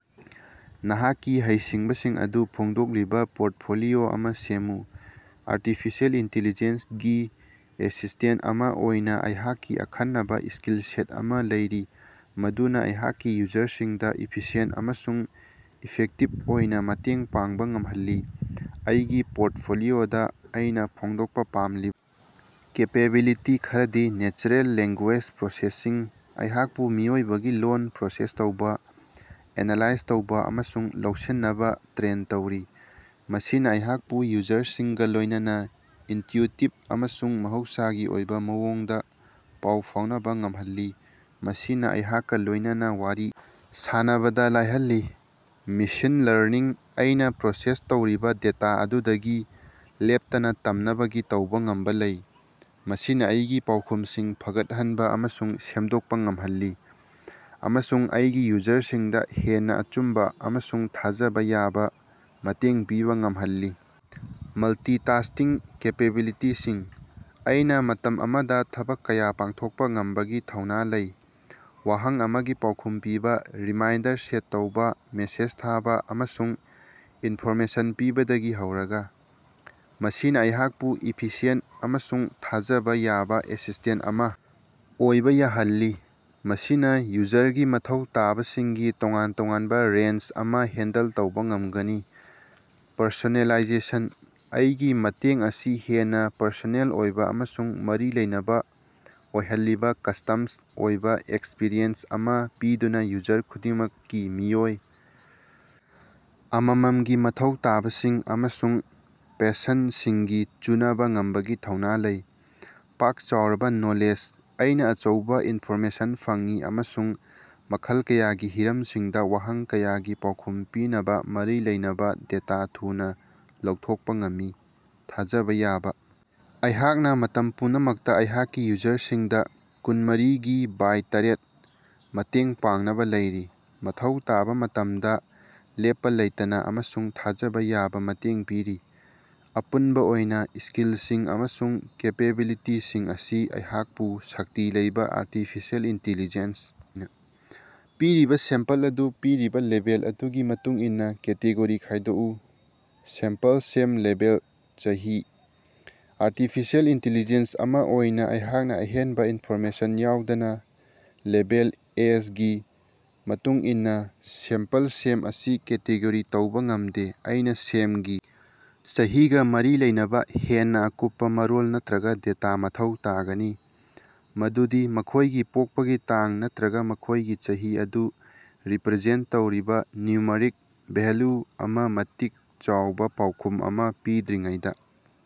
ꯅꯍꯥꯛꯀꯤ ꯍꯩꯁꯤꯡꯕꯁꯤꯡ ꯑꯗꯨ ꯐꯣꯡꯗꯣꯛꯂꯤꯕ ꯄꯣꯔ꯭ꯠꯐꯣꯂꯤꯑꯣ ꯑꯃ ꯁꯦꯝꯃꯨ꯫ ꯑꯔꯇꯤꯐꯤꯁꯤꯑꯦꯜ ꯏꯟꯇꯦꯂꯤꯖꯦꯟꯁ ꯒꯤ ꯑꯦꯁꯤꯁꯇꯦꯟꯇ ꯑꯃ ꯑꯣꯏꯅ ꯑꯩꯍꯥꯛꯀꯤ ꯑꯈꯟꯅꯕ ꯁ꯭ꯀꯤꯜꯁꯦꯠ ꯑꯃ ꯂꯩꯔꯤ ꯃꯗꯨꯅ ꯑꯩꯍꯥꯛꯀꯤ ꯌꯨꯖꯔꯁꯤꯡꯗ ꯏꯐꯤꯁꯤꯌꯦꯟꯇ ꯑꯃꯁꯨꯡ ꯏꯐꯦꯛꯇꯤꯕ ꯑꯣꯏꯅ ꯃꯇꯦꯡ ꯄꯥꯡꯕ ꯉꯝꯍꯜꯂꯤ꯫ ꯑꯩꯒꯤ ꯄꯣꯔ꯭ꯠꯐꯣꯂꯤꯑꯣꯗ ꯑꯩꯅ ꯐꯣꯡꯗꯣꯛꯄ ꯄꯥꯝꯂꯤꯕ ꯀꯦꯄꯦꯕꯤꯂꯤꯇꯤ ꯈꯔꯗꯤ ꯅꯦꯆꯔꯦꯜ ꯂꯦꯡꯒꯨꯌꯦꯖ ꯄ꯭ꯔꯣꯁꯦꯁꯤꯡ - ꯑꯩꯍꯥꯛꯄꯨ ꯃꯤꯑꯣꯏꯕꯒꯤ ꯂꯣꯜ ꯄ꯭ꯔꯣꯁꯦꯁ ꯇꯧꯕ, ꯑꯦꯅꯥꯂꯥꯏꯖ ꯇꯧꯕ ꯑꯃꯁꯨꯡ ꯂꯧꯁꯤꯅꯕ ꯇ꯭ꯔꯦꯟ ꯇꯧꯔꯤ꯫ ꯃꯁꯤꯅ ꯑꯩꯍꯥꯛꯄꯨ ꯌꯨꯖꯔꯁꯤꯡꯒ ꯂꯣꯏꯅꯅ ꯏꯟꯇ꯭ꯌꯨꯇꯤꯕ ꯑꯃꯁꯨꯡ ꯃꯍꯧꯁꯥꯒꯤ ꯑꯣꯏꯕ ꯃꯑꯣꯡꯗ ꯄꯥꯎ ꯐꯥꯎꯅꯕ ꯉꯝꯍꯜꯂꯤ, ꯃꯁꯤꯅ ꯑꯩꯍꯥꯛꯀ ꯂꯣꯏꯅꯅ ꯋꯥꯔꯤ ꯁꯥꯟꯅꯕꯗ ꯂꯥꯏꯍꯜꯂꯤ꯫ ꯃꯦꯁꯤꯟ ꯂꯔꯅꯤꯡ - ꯑꯩꯅ ꯄ꯭ꯔꯣꯁꯦꯁ ꯇꯧꯔꯤꯕ ꯗꯦꯇꯥ ꯑꯗꯨꯗꯒꯤ ꯂꯦꯞꯇꯅ ꯇꯝꯅꯕꯒꯤ ꯇꯧꯕ ꯉꯝꯕ ꯂꯩ꯫ ꯃꯁꯤꯅ ꯑꯩꯒꯤ ꯄꯥꯎꯈꯨꯝꯁꯤꯡ ꯐꯒꯠꯍꯟꯕ ꯑꯃꯁꯨꯡ ꯁꯦꯝꯗꯣꯛꯄ ꯉꯝꯍꯜꯂꯤ ꯑꯃꯁꯨꯡ ꯑꯩꯒꯤ ꯌꯨꯖꯔꯁꯤꯡꯗ ꯍꯦꯟꯅ ꯑꯆꯨꯝꯕ ꯑꯃꯁꯨꯡ ꯊꯥꯖꯕ ꯌꯥꯕ ꯃꯇꯦꯡ ꯄꯤꯕ ꯉꯝꯍꯜꯂꯤ꯫ ꯃꯜꯇꯤꯇꯥꯁꯇꯤꯡ ꯀꯦꯄꯦꯕꯤꯂꯤꯇꯤꯁꯤꯡ - ꯑꯩꯅ ꯃꯇꯝ ꯑꯃꯗ ꯊꯕꯛ ꯀꯥꯌ ꯄꯥꯡꯊꯣꯛꯄ ꯉꯝꯕꯒꯤ ꯊꯧꯅ ꯂꯩ ꯋꯥꯍꯪ ꯑꯃꯒꯤ ꯄꯥꯎꯈꯨꯝ ꯄꯤꯕ, ꯔꯤꯃꯥꯏꯟꯗꯔ ꯁꯦꯠ ꯇꯧꯕ, ꯃꯦꯁꯦꯖ ꯊꯥꯕ, ꯑꯃꯁꯨꯡ ꯏꯟꯐꯣꯔꯃꯦꯁꯟ ꯄꯤꯕꯗꯒꯤ ꯍꯧꯔꯒ꯫ ꯃꯁꯤꯅ ꯑꯩꯍꯥꯛꯄꯨ ꯏꯐꯤꯁꯤꯌꯦꯟꯇ ꯑꯃꯁꯨꯡ ꯊꯥꯖꯕ ꯌꯥꯕ ꯑꯦꯁꯤꯁꯇꯦꯟꯇ ꯑꯃ ꯑꯣꯏꯕ ꯌꯥꯍꯜꯂꯤ, ꯃꯁꯤꯅ ꯌꯨꯖꯔꯒꯤ ꯃꯊꯧ ꯇꯥꯕꯁꯤꯡꯒꯤ ꯇꯣꯉꯥꯟ ꯇꯣꯉꯥꯟꯕ ꯔꯦꯟꯖ ꯑꯃ ꯍꯦꯟꯗꯜ ꯇꯧꯕ ꯉꯝꯒꯅꯤ꯫ ꯄꯔꯁꯣꯅꯦꯂꯥꯏꯖꯦꯁꯟ - ꯑꯩꯒꯤ ꯃꯇꯦꯡ ꯑꯁꯤ ꯍꯦꯟꯅ ꯄꯔꯁꯣꯅꯦꯜ ꯑꯣꯏꯕ ꯑꯃꯁꯨꯡ ꯃꯔꯤ ꯂꯩꯅꯕ ꯑꯣꯏꯍꯜꯂꯤꯕ ꯀꯁ꯭ꯇꯝꯁ ꯑꯣꯏꯕ ꯑꯦꯛꯁꯄ꯭ꯔꯤꯌꯦꯟꯁ ꯑꯃ ꯄꯤꯗꯨꯅ ꯌꯨꯖꯔ ꯈꯨꯗꯤꯡꯃꯛꯀꯤ ꯃꯤꯑꯣꯏ ꯑꯃꯃꯝꯒꯤ ꯃꯊꯧ ꯇꯥꯕꯁꯤꯡ ꯑꯃꯁꯨꯡ ꯄꯁꯟꯁꯤꯡꯒꯤ ꯆꯨꯅꯕ ꯉꯝꯕꯒꯤ ꯊꯧꯅ ꯂꯩ꯫ ꯄꯥꯛ ꯆꯥꯎꯔꯕ ꯅꯣꯂꯦꯖ - ꯑꯩꯅ ꯑꯆꯧꯕ ꯏꯟꯐꯣꯔꯃꯦꯁꯟ ꯐꯪꯏ ꯑꯃꯁꯨꯡ ꯃꯈꯜ ꯀꯌꯥꯒꯤ ꯍꯤꯔꯝꯁꯤꯡꯗ ꯋꯥꯍꯪ ꯀꯌꯥꯒꯤ ꯄꯥꯎꯈꯨꯝ ꯄꯤꯅꯕ ꯃꯔꯤ ꯂꯩꯅꯕ ꯗꯦꯇꯥ ꯊꯨꯅ ꯂꯧꯊꯣꯛꯄ ꯉꯝꯃꯤ꯫ ꯊꯥꯖꯕ ꯌꯥꯕ - ꯑꯩꯍꯥꯛꯅ ꯃꯇꯝ ꯄꯨꯝꯅꯃꯛꯇ ꯑꯩꯍꯥꯛꯀꯤ ꯌꯨꯖꯔꯁꯤꯡꯗ ꯀꯨꯟꯃꯔꯤꯒꯤ ꯕꯥꯏ ꯇꯔꯦꯠ ꯃꯇꯦꯡ ꯄꯥꯡꯅꯕ ꯂꯩꯔꯤ, ꯃꯊꯧ ꯇꯥꯕ ꯃꯇꯝꯗ ꯂꯦꯞꯄ ꯂꯩꯇꯅ ꯑꯃꯁꯨꯡ ꯊꯥꯖꯕ ꯌꯥꯕ ꯃꯇꯦꯡ ꯄꯤꯔꯤ꯫ ꯑꯄꯨꯟꯕ ꯑꯣꯏꯅ, ꯁ꯭ꯀꯤꯜꯁꯤꯡ ꯑꯃꯁꯨꯡ ꯀꯦꯄꯦꯕꯤꯂꯤꯇꯤꯁꯤꯡ ꯑꯁꯤꯅ ꯑꯩꯍꯥꯛꯄꯨ ꯁꯛꯇꯤ ꯂꯩꯕ ꯑꯔꯇꯤꯐꯤꯁꯤꯌꯦꯜ ꯏꯟꯇꯦꯂꯤꯖꯦꯟꯁ ꯄꯤꯔꯤꯕ ꯁꯦꯝꯄꯜ ꯑꯗꯨ ꯄꯤꯔꯤꯕ ꯂꯦꯕꯦꯜ ꯑꯗꯨꯒꯤ ꯃꯇꯨꯡꯏꯟꯅ ꯀꯦꯇꯦꯒꯣꯔꯤ ꯈꯥꯏꯗꯣꯀꯎ꯫ ꯁꯦꯝꯄꯜ ꯁꯦꯝ ꯂꯦꯕꯦꯜ ꯆꯍꯤ ꯑꯔꯇꯤꯐꯤꯁꯤꯌꯦꯜ ꯏꯟꯇꯦꯂꯤꯖꯦꯟꯁ ꯑꯃ ꯑꯣꯏꯅ ꯑꯩꯍꯥꯛꯅ ꯑꯍꯦꯟꯕ ꯏꯟꯐꯣꯔꯃꯦꯁꯟ ꯌꯥꯎꯗꯅ ꯂꯦꯕꯦꯜ ꯑꯦꯖꯒꯤ ꯃꯇꯨꯡ ꯏꯟꯅ ꯁꯦꯝꯄꯜ ꯁꯦꯝ ꯑꯁꯤ ꯀꯦꯇꯦꯒꯣꯔꯤ ꯇꯧꯕ ꯉꯝꯗꯦ꯫ ꯑꯩꯅ ꯁꯦꯝꯒꯤ ꯆꯍꯤꯒ ꯃꯔꯤ ꯂꯩꯅꯕ ꯍꯦꯟꯅ ꯑꯀꯨꯞꯄ ꯃꯔꯣꯜ ꯅꯠꯇꯔꯒ ꯗꯦꯇꯥ ꯃꯊꯧ ꯇꯥꯒꯅꯤ, ꯃꯗꯨꯗꯤ ꯃꯈꯣꯏꯒꯤ ꯄꯣꯛꯄꯒꯤ ꯇꯥꯡ ꯅꯠꯇꯔꯒ ꯃꯈꯣꯏꯒꯤ ꯆꯍꯤ ꯑꯗꯨ ꯔꯤꯄꯔꯖꯦꯟꯇ ꯇꯧꯔꯤꯕ ꯅ꯭ꯌꯨꯃꯔꯤꯛ ꯚꯦꯂ꯭ꯌꯨ ꯑꯃ ꯃꯇꯤꯛ ꯆꯥꯎꯕ ꯄꯥꯎꯈꯨꯝ ꯑꯃ ꯄꯤꯗ꯭ꯔꯤꯉꯩꯗ꯫